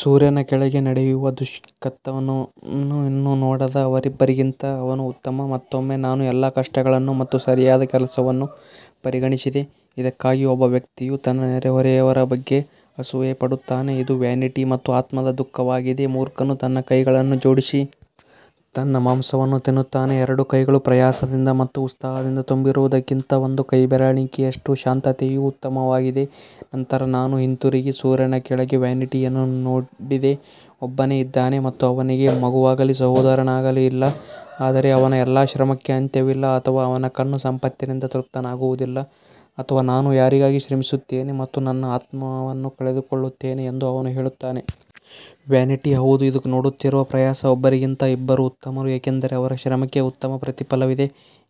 ಸೂರ್ಯನ ಕೆಳಗೆ ನಡೆಯುವ ದುಷ್ಕೃತ್ಯವನ್ನು ಇನ್ನೂ ನೋಡದ ಅವರಿಬ್ಬರಿಗಿಂತ ಅವನು ಉತ್ತಮ. ಮತ್ತೊಮ್ಮೆ ನಾನು ಎಲ್ಲಾ ಕಷ್ಟಗಳನ್ನು ಮತ್ತು ಸರಿಯಾದ ಕೆಲಸವನ್ನು ಪರಿಗಣಿಸಿದೆ, ಇದಕ್ಕಾಗಿ ಒಬ್ಬ ವ್ಯಕ್ತಿಯು ತನ್ನ ನೆರೆಹೊರೆಯವರ ಬಗ್ಗೆ ಅಸೂಯೆಪಡುತ್ತಾನೆ, ಇದು ವ್ಯಾನಿಟಿ ಮತ್ತು ಆತ್ಮದ ದುಃಖವಾಗಿದೆ. ಮೂರ್ಖನು ತನ್ನ ಕೈಗಳನ್ನು ಜೋಡಿಸಿ ತನ್ನ ಮಾಂಸವನ್ನು ತಿನ್ನುತ್ತಾನೆ ಎರಡೂ ಕೈಗಳು ಪ್ರಯಾಸದಿಂದ ಮತ್ತು ಉತ್ಸಾಹದಿಂದ ತುಂಬಿರುವುದಕ್ಕಿಂತ ಒಂದು ಕೈಬೆರಳೆಣಿಕೆಯಷ್ಟು ಶಾಂತತೆಯು ಉತ್ತಮವಾಗಿದೆ ನಂತರ ನಾನು ಹಿಂತಿರುಗಿ ಸೂರ್ಯನ ಕೆಳಗೆ ವ್ಯಾನಿಟಿಯನ್ನು ನೋಡಿದೆ ಒಬ್ಬನೇ ಇದ್ದಾನೆ ಮತ್ತು ಅವನಿಗೆ ಮಗುವಾಗಲಿ ಸಹೋದರನಾಗಲಿ ಇಲ್ಲ, ಆದರೆ ಅವನ ಎಲ್ಲಾ ಶ್ರಮಕ್ಕೆ ಅಂತ್ಯವಿಲ್ಲ ಅಥವಾ ಅವನ ಕಣ್ಣು ಸಂಪತ್ತಿನಿಂದ ತೃಪ್ತನಾಗುವುದಿಲ್ಲ ಅಥವಾ ನಾನು ಯಾರಿಗಾಗಿ ಶ್ರಮಿಸುತ್ತೇನೆ ಮತ್ತು ನನ್ನ ಆತ್ಮವನ್ನು ಕಳೆದುಕೊಳ್ಳುತ್ತೇನೆ ಎಂದು ಅವನು ಹೇಳುತ್ತಾನೆ. ವ್ಯಾನಿಟಿ ಹೌದು ಇದು ನೋಯುತ್ತಿರುವ ಪ್ರಯಾಸ ಒಬ್ಬರಿಗಿಂತ ಇಬ್ಬರು ಉತ್ತಮರು ಏಕೆಂದರೆ ಅವರ ಶ್ರಮಕ್ಕೆ ಉತ್ತಮ ಪ್ರತಿಫಲವಿದೆ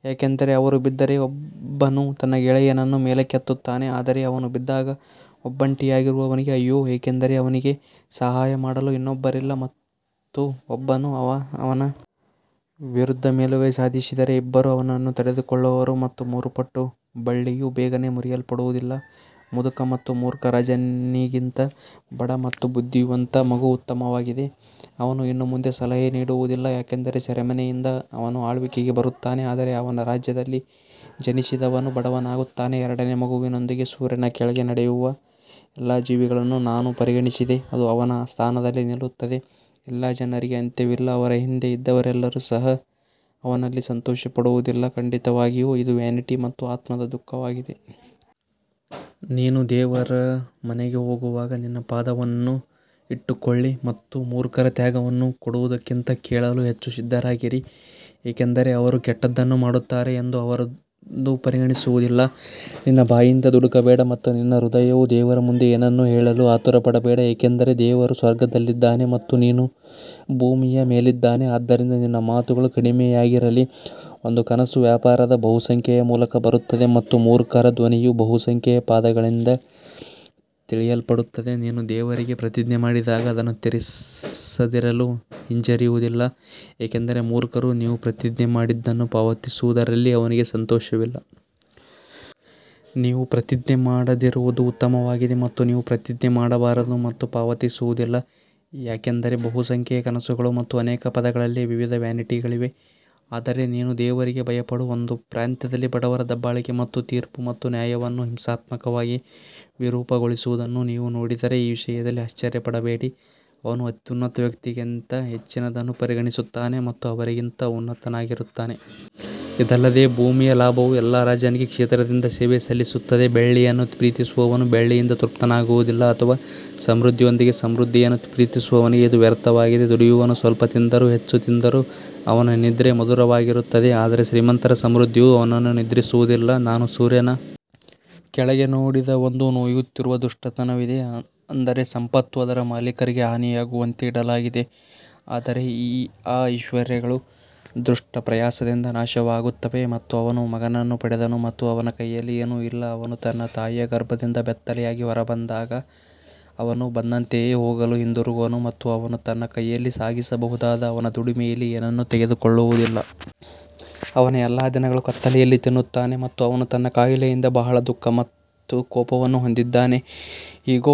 ಯಾಕಂದರೆ ಅವರು ಬಿದ್ದರೆ ಒಬ್ಬನು ತನ್ನ ಗೆಳೆಯನನ್ನು ಮೇಲಕ್ಕೆತ್ತುತ್ತಾನೆ ಆದರೆ ಅವನು ಬಿದ್ದಾಗ ಒಬ್ಬಂಟಿಯಾಗಿರುವವನಿಗೆ ಅಯ್ಯೋ, ಏಕೆಂದರೆ ಅವನಿಗೆ ಸಹಾಯ ಮಾಡಲು ಇನ್ನೊಬ್ಬರಿಲ್ಲ. ಮತ್ತು ಒಬ್ಬನು ಅವನ ವಿರುದ್ಧ ಮೇಲುಗೈ ಸಾಧಿಸಿದರೆ ಇಬ್ಬರು ಅವನನ್ನು ತಡೆದುಕೊಳ್ಳುವರು ಮತ್ತು ಮೂರು ಪಟ್ಟು ಬಳ್ಳಿಯು ಬೇಗನೆ ಮುರಿಯಲ್ಪಡುವುದಿಲ್ಲ ಮುದುಕ ಮತ್ತು ಮೂರ್ಖ ರಾಜನಿಗಿಂತ ಬಡ ಮತ್ತು ಬುದ್ಧಿವಂತ ಮಗು ಉತ್ತಮವಾಗಿದೆ, ಅವನು ಇನ್ನು ಮುಂದೆ ಸಲಹೆ ನೀಡುವುದಿಲ್ಲ ಯಾಕಂದರೆ ಸೆರೆಮನೆಯಿಂದ ಅವನು ಆಳ್ವಿಕೆಗೆ ಬರುತ್ತಾನೆ ಆದರೆ ಅವನ ರಾಜ್ಯದಲ್ಲಿ ಜನಿಸಿದವನು ಬಡವನಾಗುತ್ತಾನೆ ಎರಡನೇ ಮಗುವಿನೊಂದಿಗೆ ಸೂರ್ಯನ ಕೆಳಗೆ ನಡೆಯುವ ಎಲ್ಲ ಜೀವಿಗಳನ್ನು ನಾನು ಪರಿಗಣಿಸಿದೆ, ಅದು ಅವನ ಸ್ಥಾನದಲ್ಲಿ ನಿಲ್ಲುತ್ತದೆ ಎಲ್ಲಾ ಜನರಿಗೆ ಅಂತ್ಯವಿಲ್ಲ, ಅವರ ಹಿಂದೆ ಇದ್ದವರೆಲ್ಲರೂ ಸಹ ಅವನಲ್ಲಿ ಸಂತೋಷಪಡುವುದಿಲ್ಲ, ಖಂಡಿತವಾಗಿಯೂ ಇದು ವ್ಯಾನಿಟಿ ಮತ್ತು ಆತ್ಮದ ದುಃಖವಾಗಿದೆ. ನೀನು ದೇವರ ಮನೆಗೆ ಹೋಗುವಾಗ ನಿನ್ನ ಪಾದವನ್ನು ಇಟ್ಟುಕೊಳ್ಳಿ ಮತ್ತು ಮೂರ್ಖರ ತ್ಯಾಗವನ್ನು ಕೊಡುವುದಕ್ಕಿಂತ ಕೇಳಲು ಹೆಚ್ಚು ಸಿದ್ಧರಾಗಿರಿ ಏಕೆಂದರೆ ಅವರು ಕೆಟ್ಟದ್ದನ್ನು ಮಾಡುತ್ತಾರೆ ಎಂದು ಅವರು ಪರಿಗಣಿಸುವುದಿಲ್ಲ. ನಿನ್ನ ಬಾಯಿಂದ ದುಡುಕಬೇಡ ಮತ್ತು ನಿನ್ನ ಹೃದಯವು ದೇವರ ಮುಂದೆ ಏನನ್ನೂ ಹೇಳಲು ಆತುರಪಡಬೇಡ ಏಕೆಂದರೆ ದೇವರು ಸ್ವರ್ಗದಲ್ಲಿದ್ದಾನೆ ಮತ್ತು ನೀನು ಭೂಮಿಯ ಮೇಲಿದ್ದಾನೆ ಆದ್ದರಿಂದ ನಿನ್ನ ಮಾತುಗಳು ಕಡಿಮೆಯಾಗಿರಲಿ ಒಂದು ಕನಸು ವ್ಯಾಪಾರದ ಬಹುಸಂಖ್ಯೆಯ ಮೂಲಕ ಬರುತ್ತದೆ ಮತ್ತು ಮೂರ್ಖರ ಧ್ವನಿಯು ಬಹುಸಂಖ್ಯೆಯ ಪದಗಳಿಂದ ತಿಳಿಯಲ್ಪಡುತ್ತದೆ ನೀನು ದೇವರಿಗೆ ಪ್ರತಿಜ್ಞೆ ಮಾಡಿದಾಗ ಅದನ್ನು ತೀರಿಸದಿರಲು ಹಿಂಜರಿಯುವುದಿಲ್ಲ ಏಕೆಂದರೆ ಮೂರ್ಖರು ನೀವು ಪ್ರತಿಜ್ಞೆ ಮಾಡಿದ್ದನ್ನು ಪಾವತಿಸುವುದರಲ್ಲಿ ಅವನಿಗೆ ಸಂತೋಷವಿಲ್ಲ. ನೀವು ಪ್ರತಿಜ್ಞೆ ಮಾಡದಿರುವುದು ಉತ್ತಮವಾಗಿದೆ ಮತ್ತು ನೀವು ಪ್ರತಿಜ್ಞೆ ಮಾಡಬಾರದು ಮತ್ತು ಪಾವತಿಸುವುದಿಲ್ಲ ಯಾಕಂದರೆ ಬಹುಸಂಖ್ಯೆಯ ಕನಸುಗಳು ಮತ್ತು ಅನೇಕ ಪದಗಳಲ್ಲಿ ವಿವಿಧ ವ್ಯಾನಿಟಿಗಳಿವೆ ಆದರೆ ನೀನು ದೇವರಿಗೆ ಭಯಪಡು ಒಂದು ಪ್ರಾಂತ್ಯದಲ್ಲಿ ಬಡವರ ದಬ್ಬಾಳಿಕೆ ಮತ್ತು ತೀರ್ಪು ಮತ್ತು ನ್ಯಾಯವನ್ನು ಹಿಂಸಾತ್ಮಕವಾಗಿ ವಿರೂಪಗೊಳಿಸುವುದನ್ನು ನೀವು ನೋಡಿದರೆ, ಈ ವಿಷಯದಲ್ಲಿ ಆಶ್ಚರ್ಯಪಡಬೇಡಿ, ಅವನು ಅತ್ಯುನ್ನತ ವ್ಯಕ್ತಿಗಿಂತ ಹೆಚ್ಚಿನದನ್ನು ಪರಿಗಣಿಸುತ್ತಾನೆ ಮತ್ತು ಅವರಿಗಿಂತ ಉನ್ನತನಾಗಿರುತ್ತಾನೆ. ಇದಲ್ಲದೆ ಭೂಮಿಯ ಲಾಭವು ಎಲ್ಲಾ ರಾಜನಿಗೆ ಕ್ಷೇತ್ರದಿಂದ ಸೇವೆ ಸಲ್ಲಿಸುತ್ತದೆ ಬೆಳ್ಳಿಯನ್ನು ಪ್ರೀತಿಸುವವನು ಬೆಳ್ಳಿಯಿಂದ ತೃಪ್ತನಾಗುವುದಿಲ್ಲ ಅಥವಾ ಸಮೃದ್ಧಿಯೊಂದಿಗೆ ಸಮೃದ್ಧಿಯನ್ನು ಪ್ರೀತಿಸುವವನಿಗೆ ಇದು ವ್ಯರ್ಥವಾಗಿದೆ ದುಡಿಯುವವನು ಸ್ವಲ್ಪ ತಿಂದರೂ ಹೆಚ್ಚು ತಿಂದರೂ ಅವನ ನಿದ್ರೆ ಮಧುರವಾಗಿರುತ್ತದೆ ಆದರೆ ಶ್ರೀಮಂತರ ಸಮೃದ್ಧಿಯು ಅವನನ್ನು ನಿದ್ರಿಸುವುದಿಲ್ಲ. ನಾನು ಸೂರ್ಯನ ಕೆಳಗೆ ನೋಡಿದ ಒಂದು ನೋಯುತ್ತಿರುವ ದುಷ್ಟತನವಿದೆ, ಅಂದರೆ ಸಂಪತ್ತು ಅದರ ಮಾಲೀಕರಿಗೆ ಹಾನಿಯಾಗುವಂತೆ ಇಡಲಾಗಿದೆ ಆದರೆ ಆ ಐಶ್ವರ್ಯಗಳು ದುಷ್ಟ ಪ್ರಯಾಸದಿಂದ ನಾಶವಾಗುತ್ತವೆ ಮತ್ತು ಅವನು ಮಗನನ್ನು ಪಡೆದನು ಮತ್ತು ಅವನ ಕೈಯಲ್ಲಿ ಏನೂ ಇಲ್ಲ ಅವನು ತನ್ನ ತಾಯಿಯ ಗರ್ಭದಿಂದ ಬೆತ್ತಲೆಯಾಗಿ ಹೊರಬಂದಾಗ ಅವನು ಬಂದಂತೆಯೇ ಹೋಗಲು ಹಿಂದಿರುಗುವನು ಮತ್ತು ಅವನು ತನ್ನ ಕೈಯಲ್ಲಿ ಸಾಗಿಸಬಹುದಾದ ಅವನ ದುಡಿಮೆಯಲ್ಲಿ ಏನನ್ನೂ ತೆಗೆದುಕೊಳ್ಳುವುದಿಲ್ಲ. ಅವನ ಎಲ್ಲಾ ದಿನಗಳು ಕತ್ತಲೆಯಲ್ಲಿ ತಿನ್ನುತ್ತಾನೆ ಮತ್ತು ಅವನು ತನ್ನ ಕಾಯಿಲೆಯಿಂದ ಬಹಳ ದುಃಖ ಮತ್ತು ಕೋಪವನ್ನು ಹೊಂದಿದ್ದಾನೆ ಇಗೋ,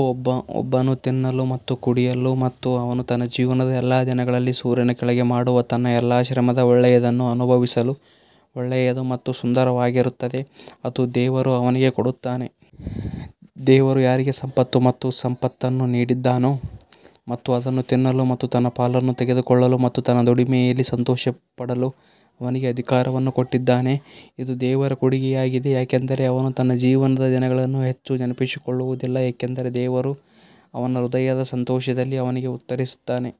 ಒಬ್ಬನು ತಿನ್ನಲು ಮತ್ತು ಕುಡಿಯಲು ಮತ್ತು ಅವನು ತನ್ನ ಜೀವನದ ಎಲ್ಲಾ ದಿನಗಳಲ್ಲಿ ಸೂರ್ಯನ ಕೆಳಗೆ ಮಾಡುವ ತನ್ನ ಎಲ್ಲಾ ಶ್ರಮದ ಒಳ್ಳೆಯದನ್ನು ಅನುಭವಿಸಲು ಒಳ್ಳೆಯದು ಮತ್ತು ಸುಂದರವಾಗಿರುತ್ತದೆ, ಅದು ದೇವರು ಅವನಿಗೆ ಕೊಡುತ್ತಾನೆ. ದೇವರು ಯಾರಿಗೆ ಸಂಪತ್ತು ಮತ್ತು ಸಂಪತ್ತನ್ನು ನೀಡಿದ್ದಾನೋ ಮತ್ತು ಅದನ್ನು ತಿನ್ನಲು ಮತ್ತು ತನ್ನ ಪಾಲನ್ನು ತೆಗೆದುಕೊಳ್ಳಲು ಮತ್ತು ತನ್ನ ದುಡಿಮೆಯಲ್ಲಿ ಸಂತೋಷಪಡಲು ಅವನಿಗೆ ಅಧಿಕಾರವನ್ನು ಕೊಟ್ಟಿದ್ದಾನೆ, ಇದು ದೇವರ ಕೊಡುಗೆಯಾಗಿದೆ. ಯಾಕಂದರೆ ಅವನು ತನ್ನ ಜೀವನದ ದಿನಗಳನ್ನು ಹೆಚ್ಚು ನೆನಪಿಸಿಕೊಳ್ಳುವುದಿಲ್ಲ ಏಕೆಂದರೆ ದೇವರು ಅವನ ಹೃದಯದ ಸಂತೋಷದಲ್ಲಿ ಅವನಿಗೆ ಉತ್ತರಿಸುತ್ತಾನೆ.